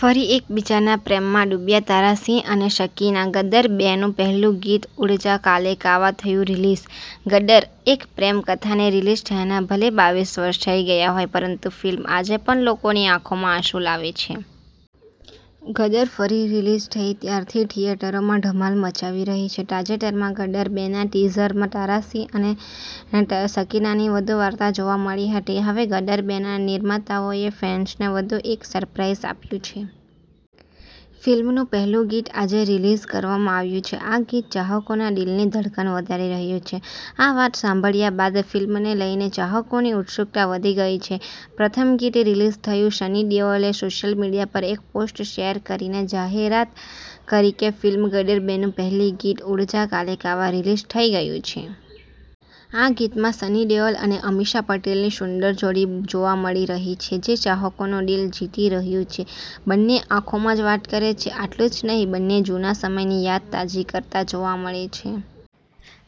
ફરી એકબીજાના પ્રેમમાં ડૂબ્યા તારા સિંહ અને સકીના, ગદર બે નું પહેલું ગીત 'ઉડ જા કાલે કાવા' થયું રિલીઝ. ગદરઃ એક પ્રેમ કથા ને રિલીઝ થયાને ભલે બાવીશ વર્ષ થઈ ગયા હોય, પરંતુ ફિલ્મ આજે પણ લોકોની આંખોમાં આંસુ લાવે છે. 'ગદર' ફરી રિલીઝ થઈ ત્યારથી થિયેટરોમાં ધમાલ મચાવી રહી છે. તાજેતરમાં, 'ગદર બે ' ના ટીઝરમાં તારા સિંહ અને સકીનાની વધુ વાર્તા જોવા મળી હતી. હવે 'ગદર બે 'ના નિર્માતાઓએ ફેન્સને વધુ એક સરપ્રાઈઝ આપ્યું છે. ફિલ્મનું પહેલું ગીત આજે રિલીઝ કરવામાં આવ્યું છે. આ ગીત ચાહકોના દિલની ધડકન વધારી રહ્યું છે. આ વાત સાંભળ્યા બાદ ફિલ્મને લઈને ચાહકોની ઉત્સુકતા વધી ગઈ છે. પ્રથમ ગીત રિલીઝ થયું સની દેઓલે સોશિયલ મીડિયા પર એક પોસ્ટ શેર કરીને જાહેરાત કરી કે ફિલ્મ 'ગદર બે 'નું પહેલું ગીત 'ઉડ જા કાલે કાવા' રિલીઝ થઈ ગયું છે. આ ગીતમાં સની દેઓલ અને અમીષા પટેલની સુંદર જોડી જોવા મળી રહી છે, જે ચાહકોનું દિલ જીતી રહ્યું છે. બંને આંખોમાં જ વાત કરે છે. આટલું જ નહીં બંને જૂના સમયની યાદ તાજી કરતા જોવા મળે છે.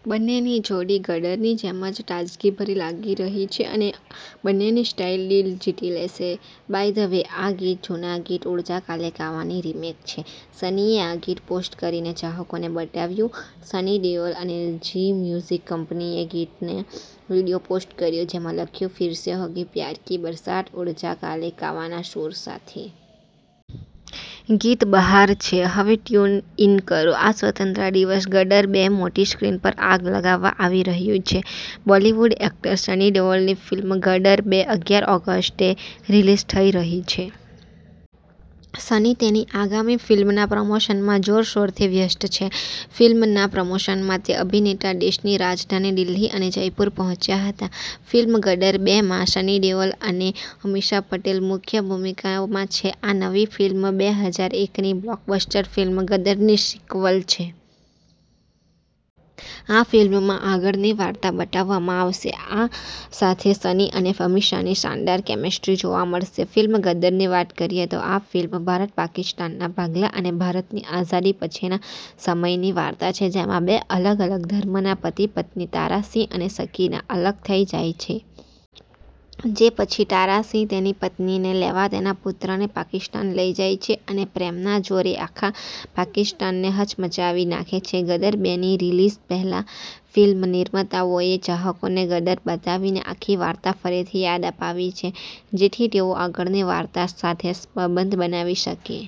બંનેની જોડી 'ગદર'ની જેમ જ તાજગીભરી લાગી રહી છે અને બંનેની સ્ટાઈલ દિલ જીતી લેશે. બાય ધ વે, આ ગીત જૂના ગીત 'ઉડ જા કાલે કાવા'ની રીમેક છે. સનીએ આ ગીત પોસ્ટ કરીને ચાહકોને બતાવ્યું સની દેઓલ અને ઝી મ્યુઝિક કંપનીએ ગીતનો વિડિયો પોસ્ટ કર્યો, જેમાં લખ્યું, 'ફિર સે હોગી પ્યાર કી બરસાત, ઉડ જા કાલે કાવાના સૂર સાથે! ગીત બહાર છે, હવે ટ્યુન ઇન કરો. આ સ્વતંત્રતા દિવસ ગદર બે મોટી સ્ક્રીન પર આગ લગાવવા આવી રહ્યું છે. બોલિવૂડ એક્ટર સની દેઓલની ફિલ્મ 'ગદર બે ' અગ્યાર ઓગસ્ટે રિલીઝ થઈ રહી છે. સની તેની આગામી ફિલ્મના પ્રમોશનમાં જોરશોરથી વ્યસ્ત છે. ફિલ્મના પ્રમોશન માટે અભિનેતા દેશની રાજધાની દિલ્હી અને જયપુર પહોંચ્યા હતા. ફિલ્મ 'ગદર બે 'માં સની દેઓલ અને અમીષા પટેલ મુખ્ય ભૂમિકામાં છે. આ નવી ફિલ્મ બે હજાર એક ની બ્લોકબસ્ટર ફિલ્મ 'ગદર'ની સિક્વલ છે. આ ફિલ્મમાં આગળની વાર્તા બતાવવામાં આવશે. આ સાથે સની અને અમીષાની શાનદાર કેમેસ્ટ્રી જોવા મળશે. ફિલ્મ 'ગદર'ની વાત કરીએ તો આ ફિલ્મ ભારત-પાકિસ્તાનના ભાગલા અને ભારતની આઝાદી પછીના સમયની વાર્તા છે. જેમાં બે અલગ-અલગ ધર્મના પતિ-પત્ની તારા સિંહ અને સકીના અલગ થઈ જાય છે. જે પછી તારા સિંહ તેની પત્નીને લેવા તેના પુત્રને પાકિસ્તાન લઈ જાય છે અને પ્રેમના જોરે આખા પાકિસ્તાનને હચમચાવી નાખે છે. 'ગદર બે' ની રિલીઝ પહેલા, ફિલ્મ નિર્માતાઓએ ચાહકોને 'ગદર' બતાવીને આખી વાર્તા ફરીથી યાદ અપાવી છે, જેથી તેઓ આગળની વાર્તા સાથે સંબંધ બનાવી શકે.